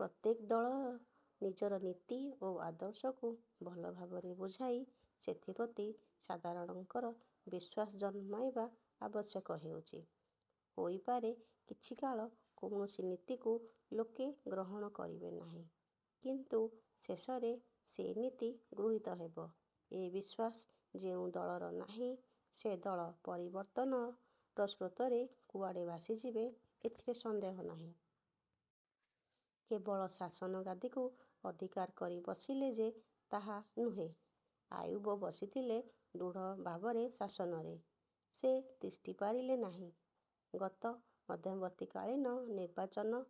ପ୍ରତ୍ୟେକ ଦଳ ନିଜର ନୀତି ଓ ଆଦର୍ଶକୁ ଭଲ ଭାବରେ ବୁଝାଇ ସେଥିପ୍ରତି ସାଧାରଣଙ୍କର ବିଶ୍ୱାସ ଜନ୍ମାଇବା ଆବଶ୍ୟକ ହେଉଛି। ହୋଇପାରେ କିଛିକାଳ କୌଣସି ନୀତିକୁ ଲୋକେ ଗ୍ରହଣ କରିବେ ନାହିଁ। କିନ୍ତୁ ଶେଷରେ ସେ ନୀତି ଗୃହୀତ ହେବ ଏ ବିଶ୍ୱାସ ଯେଉଁ ଦଳର ନାହିଁ ସେ ଦଳ ପରିବର୍ତ୍ତନର ସ୍ରୋତରେ କୁଆଡ଼େ ଭାସିଯିବ ଏଥିରେ ସନ୍ଦେହ ନାହିଁ। କେବଳ ଶାସନ ଗାଦିକୁ ଅଧିକାର କରି ବସିଲେ ଯେ ହେଲା ତାହା ନୁହେଁ। ଆୟୁବ ବସିଥିଲେ ଦୃଢ ଭାବରେ ଶାସନରେ। ସେ ତିଷ୍ଠି ପାରିଲେ ନାହିଁ। ଗତ ମଧ୍ୟବର୍ତ୍ତୀକାଳୀନ ନିର୍ବାଚନ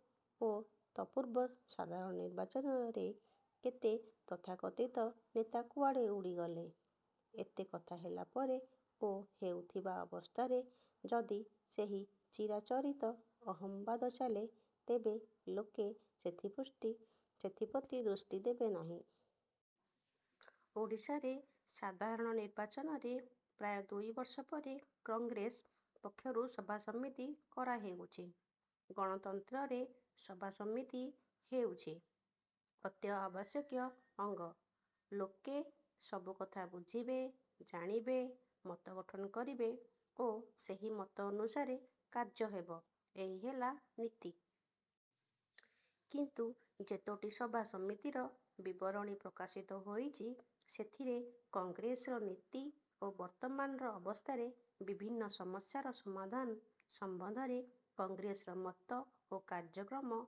ଓ ତତ୍ପୂର୍ବ ସାଧାରଣ ନିର୍ବାଚନରେ କେତେ ତଥାକଥିତ ନେତା କୁଆଡ଼େ ଉଡ଼ିଗଲେ-। ଏତେ କଥା ହେଲା ପରେ ଓ ହେଉଥିବା ଅବସ୍ଥାରେ ଯଦି ସେହି ଚିରାଚରିତ 'ଅହଂ' ବାଦ ଚାଲେ ତେବେ ଲୋକେ ସେଥିପ୍ରତି ଦୃଷ୍ଟି ଦେବେ ନାହିଁ। ଓଡ଼ିଶାରେ ସାଧାରଣ ନିର୍ବାଚନରେ ପ୍ରାୟ ଦୁଇବର୍ଷ ପରେ କଂଗ୍ରେସ ପକ୍ଷରୁ ସଭାସମିତି କରାହେଉଛି। ଗଣତନ୍ତ୍ରରେ ସଭା ସମିତି ହେଉଛି ଅତ୍ୟାବଶ୍ୟକୀୟ ଅଙ୍ଗ। ଲୋକେ ସବୁ କଥା ବୁଝିବେ, ଜାଣିବେ, ମତ ଗଠନ କରିବେ ଓ ସେହି ମତ ଅନୁସାରେ କାର୍ଯ୍ୟ ହେବ ଏହି ହେଲା ନୀତି। କିନ୍ତୁ ଯେତୋଟି ସଭା ସମିତିର ବିବରଣୀ ପ୍ରକାଶିତ ହୋଇଛି ସେଥିରେ କଂଗ୍ରେସର ନୀତି ଓ ବର୍ତ୍ତମାନ ଅବସ୍ଥାରେ ବିଭିନ୍ନ ସମସ୍ୟାର ସମାଧାନ ସମ୍ବନ୍ଧରେ କଂଗ୍ରେସର ମତ ଓ କାର୍ଯ୍ୟକ୍ରମ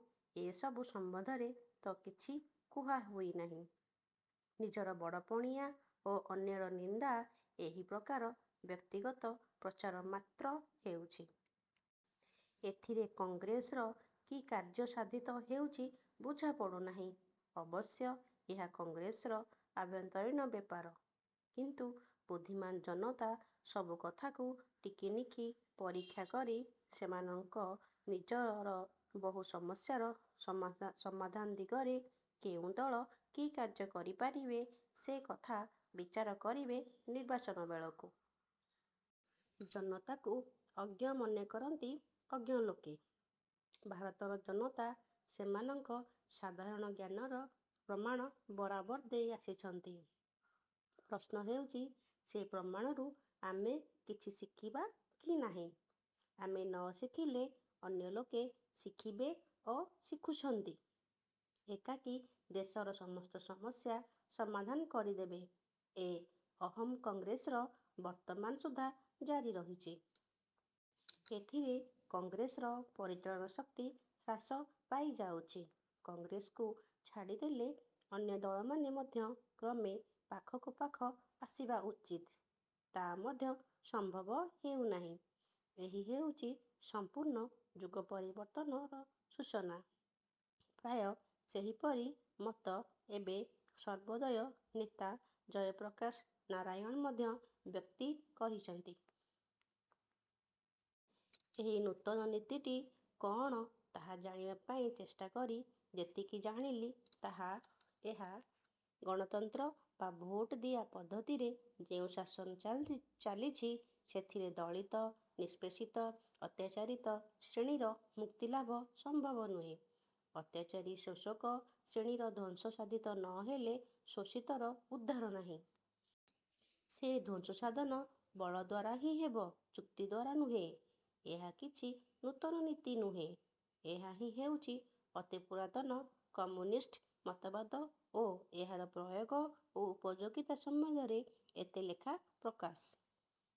ଏସବୁ ସମ୍ବନ୍ଧରେ ତ କିଛି କୁହା ହେଉନାହିଁ-। ନିଜର ବଡ଼ପଣିଆ ଓ ଅନ୍ୟର ନିନ୍ଦା ଏହି ପ୍ରକାର ବ୍ୟକ୍ତିଗତ ପ୍ରଚାର ମାତ୍ର ହେଉଛି-। ଏଥିରେ କଂଗ୍ରେସର କି କାର୍ଯ୍ୟ ସାଧିତ ହେଉଛି ବୁଝାପଡ଼ୁ ନାହିଁ। ଅବଶ୍ୟ ଏହା କଂଗ୍ରେସର ଆଭ୍ୟନ୍ତରୀଣ ବ୍ୟାପାର। କିନ୍ତୁ ବୁଦ୍ଧିମାନ ଜନତା ସବୁ କଥାକୁ ଟିକିନିଖି ପରୀକ୍ଷା କରି ସେମାନଙ୍କ ନିଜର ବହୁ ସମସ୍ୟାର ସମାଧାନ ଦିଗରେ କେଉଁ ଦଳ କି କାର୍ଯ୍ୟ କରିପାରିବେ ସେ କଥା ବିଚାର କରିବେ ନିର୍ବାଚନ ବେଳକୁ। ଜନତାକୁ ଅଜ୍ଞ ମନେକରନ୍ତି ଅଜ୍ଞ ଲୋକେ, ଭାରତର ଜନତା ସେମାନଙ୍କ ସାଧାରଣ ଜ୍ଞାନର ପ୍ରମାଣ ବରାବର ଦେଇ ଆସିଛନ୍ତି। ପ୍ରଶ୍ନ ହେଉଛି ସେ ପ୍ରମାଣରୁ ଆମେ କିଛି ଶିଖିବା କି ନାହିଁ? ଆମେ ନ ଶିଖିଲେ ଅନ୍ୟ ଲୋକେ ଶିଖିବେ ଓ ଶିଖୁଛନ୍ତି। ଏକାକୀ ଦେଶର ସମସ୍ତ ସମସ୍ୟା ସମାଧାନ କରିଦେବ, ଏ 'ଅହଂ' କଂଗ୍ରେସର ବର୍ତ୍ତମାନ ସୁଦ୍ଧା ଜାରି ରହିଛି-। ଏଇଥିରେ କଂଗ୍ରେସର ପରିଚାଳନା ଶକ୍ତି ହ୍ରାସ ପାଇଯାଉଛି। କଂଗ୍ରେସକୁ ଛାଡ଼ିଦେଲେ ଅନ୍ୟ ଦଳମାନେ ମଧ୍ୟ କ୍ରମେ ପାଖକୁ ପାଖ ଆସିବା ଉଚିତ। ତା ମଧ୍ୟ ସମ୍ଭବ ହେଉ ନାହିଁ। ଏହି ହେଉଛି ସମ୍ପୂର୍ଣ୍ଣ ଯୁଗପରିବର୍ତ୍ତନର ସୂଚନା। ପ୍ରାୟ ସେହିପରି ମତ ଏବେ ସର୍ବୋଦୟ ନେତା ଜୟପ୍ରକାଶ ନାରାୟଣ ମଧ୍ୟ ବ୍ୟକ୍ତି କରିଛନ୍ତି। ଏ ନୂତନ ନୀତିଟି କଅଣ ତାହା ଜାଣିବା ପାଇଁ ଚେଷ୍ଟା କରି ଯେତିକି ଜାଣିଲି ତାହା ଏହା। ଗଣତନ୍ତ୍ର ବା ଭୋଟଦିଆ ପଦ୍ଧତିରେ ଯେଉଁ ଶାସନ ଚାଲିଛି ସେଥିରେ ଦଳିତ, ନିଷ୍ପେଷିତ, ଅତ୍ୟାଚାରିତ ଶ୍ରେଣୀର ମୁକ୍ତିଲାଭ ସମ୍ଭବ ନୁହେଁ। ଅତ୍ୟାଚାରୀ ଶୋଷକ ଶ୍ରେଣୀର ଧ୍ୱଂସ ସାଧିତ ନ ହେଲେ ଶୋଷିତର ଉଦ୍ଧାର ନାହିଁ। ସେ ଧ୍ୱଂସ ସାଧନ ବଳ ଦ୍ୱାରାହିଁ ହେବ ଯୁକ୍ତି ଦ୍ୱାରା ନୁହେଁ। ଏହା କିଛି ନୂତନ ନୀତି ନୁହେଁ। ଏହାହିଁ ହେଉଛି ଅତି ପୁରାତନ କମ୍ୟୁନିଷ୍ଟ ମତବାଦ ଓ ଏହାର ପ୍ରୟୋଗ ଓ ଉପଯୋଗିତା ସମ୍ବନ୍ଧରେ ଏତେ ଲେଖା ପ୍ରକାଶ